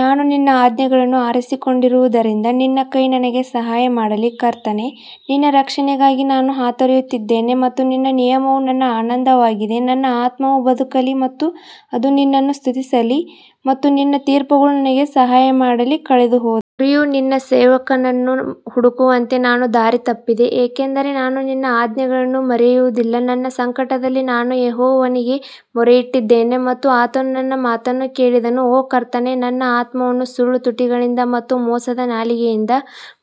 ನಾನು ನಿನ್ನ ಆಜ್ಞೆಗಳನ್ನು ಆರಿಸಿಕೊಂಡಿರುವುದರಿಂದ ನಿನ್ನ ಕೈ ನನಗೆ ಸಹಾಯ ಮಾಡಲಿ ಕರ್ತನೇ, ನಿನ್ನ ರಕ್ಷಣೆಗಾಗಿ ನಾನು ಹಾತೊರೆಯುತ್ತಿದ್ದೇನೆ ಮತ್ತು ನಿನ್ನ ನಿಯಮವು ನನ್ನ ಆನಂದವಾಗಿದೆ ನನ್ನ ಆತ್ಮವು ಬದುಕಲಿ ಮತ್ತು ಅದು ನಿನ್ನನ್ನು ಸ್ತುತಿಸಲಿ ಮತ್ತು ನಿನ್ನ ತೀರ್ಪುಗಳು ನನಗೆ ಸಹಾಯ ಮಾಡಲಿ ಕಳೆದುಹೋದ ಕುರಿಯು ನಿನ್ನ ಸೇವಕನನ್ನು ಹುಡುಕುವಂತೆ ನಾನು ದಾರಿ ತಪ್ಪಿದೆ, ಏಕೆಂದರೆ ನಾನು ನಿನ್ನ ಆಜ್ಞೆಗಳನ್ನು ಮರೆಯುವುದಿಲ್ಲ ನನ್ನ ಸಂಕಟದಲ್ಲಿ ನಾನು ಯೆಹೋವನಿಗೆ ಮೊರೆಯಿಟ್ಟಿದ್ದೇನೆ ಮತ್ತು ಆತನು ನನ್ನ ಮಾತನ್ನು ಕೇಳಿದನು ಓ ಕರ್ತನೇ ನನ್ನ ಆತ್ಮವನ್ನು ಸುಳ್ಳು ತುಟಿಗಳಿಂದ ಮತ್ತು ಮೋಸದ ನಾಲಿಗೆಯಿಂದ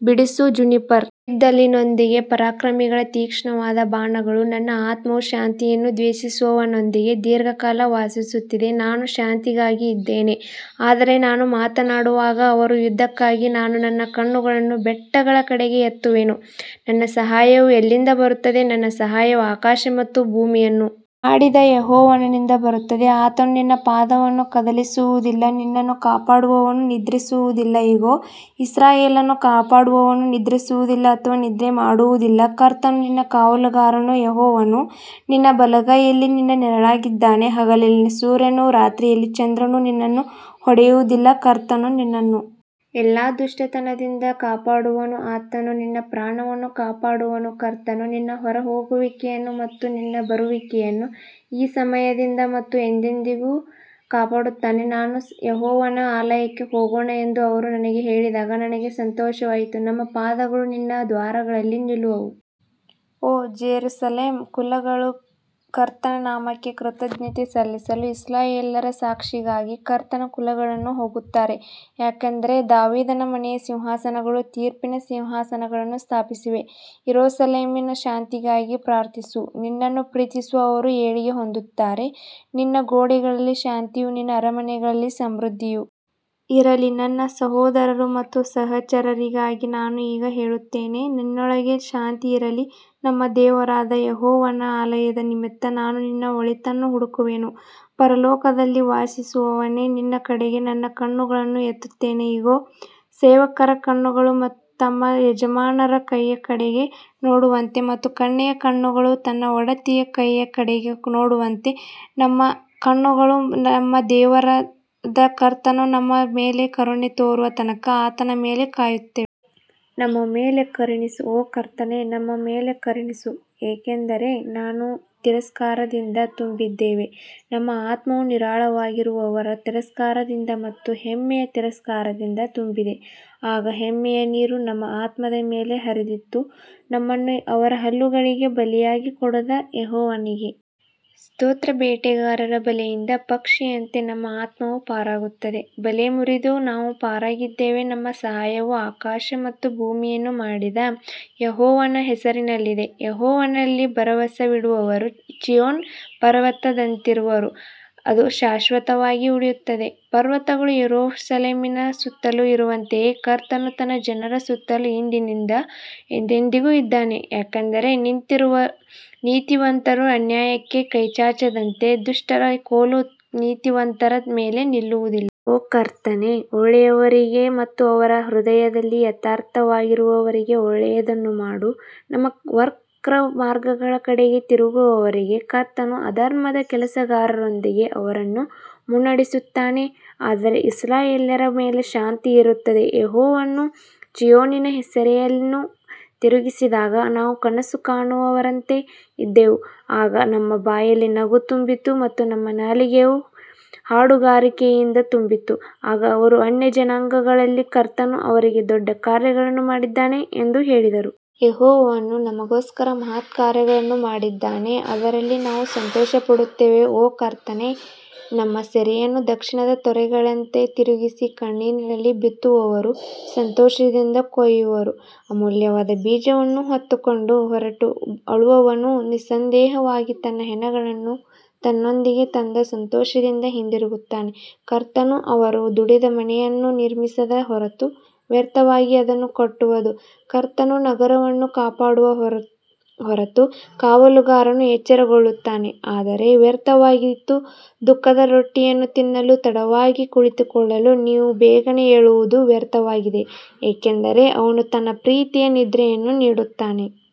ಬಿಡಿಸು ಜುನಿಪರ್ ಕಲ್ಲಿದ್ದಲಿನೊಂದಿಗೆ ಪರಾಕ್ರಮಿಗಳ ತೀಕ್ಷ್ಣವಾದ ಬಾಣಗಳು ನನ್ನ ಆತ್ಮವು ಶಾಂತಿಯನ್ನು ದ್ವೇಷಿಸುವವನೊಂದಿಗೆ ದೀರ್ಘಕಾಲ ವಾಸಿಸುತ್ತಿದೆ ನಾನು ಶಾಂತಿಗಾಗಿ ಇದ್ದೇನೆ ಆದರೆ ನಾನು ಮಾತನಾಡುವಾಗ ಅವರು ಯುದ್ಧಕ್ಕಾಗಿ ನಾನು ನನ್ನ ಕಣ್ಣುಗಳನ್ನು ಬೆಟ್ಟಗಳ ಕಡೆಗೆ ಎತ್ತುವೆನು, ನನ್ನ ಸಹಾಯವು ಎಲ್ಲಿಂದ ಬರುತ್ತದೆ ನನ್ನ ಸಹಾಯವು ಆಕಾಶ ಮತ್ತು ಭೂಮಿಯನ್ನು ಮಾಡಿದ ಯೆಹೋವನಿಂದ ಬರುತ್ತದೆ ಆತನು ನಿನ್ನ ಪಾದವನ್ನು ಕದಲಿಸುವುದಿಲ್ಲ, ನಿನ್ನನ್ನು ಕಾಪಾಡುವವನು ನಿದ್ರಿಸುವುದಿಲ್ಲ ಇಗೋ, ಇಸ್ರಾಯೇಲನ್ನು ಕಾಪಾಡುವವನು ನಿದ್ರಿಸುವುದಿಲ್ಲ ಅಥವಾ ನಿದ್ರೆ ಮಾಡುವುದಿಲ್ಲ ಕರ್ತನು ನಿನ್ನ ಕಾವಲುಗಾರನು ಯೆಹೋವನು ನಿನ್ನ ಬಲಗೈಯಲ್ಲಿ ನಿನ್ನ ನೆರಳಾಗಿದ್ದಾನೆ ಹಗಲಿನಲ್ಲಿ ಸೂರ್ಯನೂ ರಾತ್ರಿಯಲ್ಲಿ ಚಂದ್ರನೂ ನಿನ್ನನ್ನು ಹೊಡೆಯುವುದಿಲ್ಲ ಕರ್ತನು ನಿನ್ನನ್ನು ಎಲ್ಲಾ ದುಷ್ಟತನದಿಂದ ಕಾಪಾಡುವನು, ಆತನು ನಿನ್ನ ಪ್ರಾಣವನ್ನು ಕಾಪಾಡುವನು ಕರ್ತನು ನಿನ್ನ ಹೊರಹೋಗುವಿಕೆಯನ್ನು ಮತ್ತು ನಿನ್ನ ಬರುವಿಕೆಯನ್ನು ಈ ಸಮಯದಿಂದ ಮತ್ತು ಎಂದೆಂದಿಗೂ ಕಾಪಾಡುತ್ತಾನೆ ನಾವು ಯೆಹೋವನ ಆಲಯಕ್ಕೆ ಹೋಗೋಣ ಎಂದು ಅವರು ನನಗೆ ಹೇಳಿದಾಗ ನನಗೆ ಸಂತೋಷವಾಯಿತು ನಮ್ಮ ಪಾದಗಳು ನಿನ್ನ ದ್ವಾರಗಳಲ್ಲಿ ನಿಲ್ಲುವವು ಓ ಜೆರುಸಲೇಮ್ ಕುಲಗಳು ಕರ್ತನ ನಾಮಕ್ಕೆ ಕೃತಜ್ಞತೆ ಸಲ್ಲಿಸಲು ಇಸ್ರಾಯೇಲ್ಯರ ಸಾಕ್ಷಿಗಾಗಿ ಕರ್ತನ ಕುಲಗಳನ್ನು ಹೋಗುತ್ತಾರೆ ಯಾಕಂದರೆ ದಾವೀದನ ಮನೆಯ ಸಿಂಹಾಸನಗಳು ತೀರ್ಪಿನ ಸಿಂಹಾಸನಗಳನ್ನು ಸ್ಥಾಪಿಸಿವೆ ಯೆರೂಸಲೇಮಿನ ಶಾಂತಿಗಾಗಿ ಪ್ರಾರ್ಥಿಸು ನಿನ್ನನ್ನು ಪ್ರೀತಿಸುವ ಅವರು ಏಳಿಗೆ ಹೊಂದುತ್ತಾರೆ ನಿನ್ನ ಗೋಡೆಗಳಲ್ಲಿ ಶಾಂತಿಯೂ ನಿನ್ನ ಅರಮನೆಗಳಲ್ಲಿ ಸಮೃದ್ಧಿಯೂ ಇರಲಿ ನನ್ನ ಸಹೋದರರು ಮತ್ತು ಸಹಚರರಿಗಾಗಿ ನಾನು ಈಗ ಹೇಳುತ್ತೇನೆ ನಿನ್ನೊಳಗೆ ಶಾಂತಿ ಇರಲಿ ನಮ್ಮ ದೇವರಾದ ಯೆಹೋವನ ಆಲಯದ ನಿಮಿತ್ತ ನಾನು ನಿನ್ನ ಒಳಿತನ್ನು ಹುಡುಕುವೆನು ಪರಲೋಕದಲ್ಲಿ ವಾಸಿಸುವವನೇ, ನಿನ್ನ ಕಡೆಗೆ ನನ್ನ ಕಣ್ಣುಗಳನ್ನು ಎತ್ತುತ್ತೇನೆ ಇಗೋ, ಸೇವಕರ ಕಣ್ಣುಗಳು ತಮ್ಮ ಯಜಮಾನರ ಕೈಯ ಕಡೆಗೆ ನೋಡುವಂತೆ ಮತ್ತು ಕನ್ಯೆಯ ಕಣ್ಣುಗಳು ತನ್ನ ಒಡತಿಯ ಕೈಯ ಕಡೆಗೆ ನೋಡುವಂತೆ ನಮ್ಮ ಕಣ್ಣುಗಳು ನಮ್ಮ ದೇವರಾದ ಕರ್ತನು ನಮ್ಮ ಮೇಲೆ ಕರುಣೆ ತೋರುವ ತನಕ ಆತನ ಮೇಲೆ ಕಾಯುತ್ತಿವೆ. ನಮ್ಮ ಮೇಲೆ ಕರುಣಿಸು ಓ ಕರ್ತನೇ ನಮ್ಮ ಮೇಲೆ ಕರುಣಿಸು, ಏಕೆಂದರೆ ನಾವು ತಿರಸ್ಕಾರದಿಂದ ತುಂಬಿದ್ದೇವೆ ನಮ್ಮ ಆತ್ಮವು ನಿರಾಳವಾಗಿರುವವರ ತಿರಸ್ಕಾರದಿಂದ ಮತ್ತು ಹೆಮ್ಮೆಯ ತಿರಸ್ಕಾರದಿಂದ ತುಂಬಿದೆ. ಆಗ ಹೆಮ್ಮೆಯ ನೀರು ನಮ್ಮ ಆತ್ಮದ ಮೇಲೆ ಹರಿದಿತ್ತು ನಮ್ಮನ್ನು ಅವರ ಹಲ್ಲುಗಳಿಗೆ ಬಲಿಯಾಗಿ ಕೊಡದ ಯೆಹೋವನಿಗೆ ಸ್ತೋತ್ರ ಬೇಟೆಗಾರರ ಬಲೆಯಿಂದ ಪಕ್ಷಿಯಂತೆ ನಮ್ಮ ಆತ್ಮವು ಪಾರಾಗುತ್ತದೆ, ಬಲೆ ಮುರಿದು ನಾವು ಪಾರಾಗಿದ್ದೇವೆ ನಮ್ಮ ಸಹಾಯವು ಆಕಾಶ ಮತ್ತು ಭೂಮಿಯನ್ನು ಮಾಡಿದ ಯೆಹೋವನ ಹೆಸರಿನಲ್ಲಿದೆ ಯೆಹೋವನಲ್ಲಿ ಭರವಸವಿಡುವವರು ಚೀಯೋನ್ ಪರ್ವತದಂತಿರುವರು, ಅದು ಶಾಶ್ವತವಾಗಿ ಉಳಿಯುತ್ತದೆ ಪರ್ವತಗಳು ಯೆರೂಸಲೇಮಿನ ಸುತ್ತಲೂ ಇರುವಂತೆಯೇ ಕರ್ತನು ತನ್ನ ಜನರ ಸುತ್ತಲೂ ಇಂದಿನಿಂದ ಎಂದೆಂದಿಗೂ ಇದ್ದಾನೆ ಯಾಕಂದರೆ ನೀತಿವಂತರು ಅನ್ಯಾಯಕ್ಕೆ ಕೈಚಾಚದಂತೆ ದುಷ್ಟರ ಕೋಲು ನೀತಿವಂತರ ಮೇಲೆ ನಿಲ್ಲುವುದಿಲ್ಲ. ಓ ಕರ್ತನೇ, ಒಳ್ಳೆಯವರಿಗೆ ಮತ್ತು ಅವರ ಹೃದಯದಲ್ಲಿ ಯಥಾರ್ಥವಾಗಿರುವವರಿಗೆ ಒಳ್ಳೆಯದನ್ನು ಮಾಡು ತಮ್ಮ ವಕ್ರ ಮಾರ್ಗಗಳ ಕಡೆಗೆ ತಿರುಗುವವರಿಗೆ ಕರ್ತನು ಅಧರ್ಮದ ಕೆಲಸಗಾರರೊಂದಿಗೆ ಅವರನ್ನು ಮುನ್ನಡೆಸುತ್ತಾನೆ ಆದರೆ ಇಸ್ರಾಯೇಲ್ಯರ ಮೇಲೆ ಶಾಂತಿ ಇರುತ್ತದೆ ಯೆಹೋವನು ಚೀಯೋನಿನ ಸೆರೆಯನ್ನು ತಿರುಗಿಸಿದಾಗ ನಾವು ಕನಸು ಕಾಣುವವರಂತೆ ಇದ್ದೆವು ಆಗ ನಮ್ಮ ಬಾಯಲ್ಲಿ ನಗು ತುಂಬಿತ್ತು ಮತ್ತು ನಮ್ಮ ನಾಲಿಗೆಯು ಹಾಡುಗಾರಿಕೆಯಿಂದ ತುಂಬಿತ್ತು, ಆಗ ಅವರು ಅನ್ಯಜನಾಂಗಗಳಲ್ಲಿ ಕರ್ತನು ಅವರಿಗೆ ದೊಡ್ಡ ಕಾರ್ಯಗಳನ್ನು ಮಾಡಿದ್ದಾನೆ ಎಂದು ಹೇಳಿದರು. ಯೆಹೋವನು ನಮಗೋಸ್ಕರ ಮಹತ್ಕಾರ್ಯಗಳನ್ನು ಮಾಡಿದ್ದಾನೆ ಅದರಲ್ಲಿ ನಾವು ಸಂತೋಷಪಡುತ್ತೇವೆ ಓ ಕರ್ತನೇ, ನಮ್ಮ ಸೆರೆಯನ್ನು ದಕ್ಷಿಣದ ತೊರೆಗಳಂತೆ ತಿರುಗಿಸಿ ಕಣ್ಣೀರಿನಲ್ಲಿ ಬಿತ್ತುವವರು ಸಂತೋಷದಿಂದ ಕೊಯ್ಯುವರು ಅಮೂಲ್ಯವಾದ ಬೀಜವನ್ನು ಹೊತ್ತುಕೊಂಡು ಹೊರಟು ಅಳುವವನು ನಿಸ್ಸಂದೇಹವಾಗಿ ತನ್ನ ಹೆಣಗಳನ್ನು ತನ್ನೊಂದಿಗೆ ತಂದ ಸಂತೋಷದಿಂದ ಹಿಂತಿರುಗುತ್ತಾನೆ ಕರ್ತನು ಅವರು ದುಡಿದ ಮನೆಯನ್ನು ನಿರ್ಮಿಸದ ಹೊರತು ವ್ಯರ್ಥವಾಗಿ ಅದನ್ನು ಕಟ್ಟುವದು ಕರ್ತನು ನಗರವನ್ನು ಕಾಪಾಡುವ ಹೊರತು ಕಾವಲುಗಾರನು ಎಚ್ಚರಗೊಳ್ಳುತ್ತಾನೆ ಆದರೆ ವ್ಯರ್ಥವಾಯಿತು ದುಃಖದ ರೊಟ್ಟಿಯನ್ನು ತಿನ್ನಲು ತಡವಾಗಿ ಕುಳಿತುಕೊಳ್ಳಲು ನೀವು ಬೇಗನೆ ಏಳುವುದು ವ್ಯರ್ಥವಾಗಿದೆ, ಏಕೆಂದರೆ ಅವನು ತನ್ನ ಪ್ರೀತಿಯ ನಿದ್ರೆಯನ್ನು ನೀಡುತ್ತಾನೆ.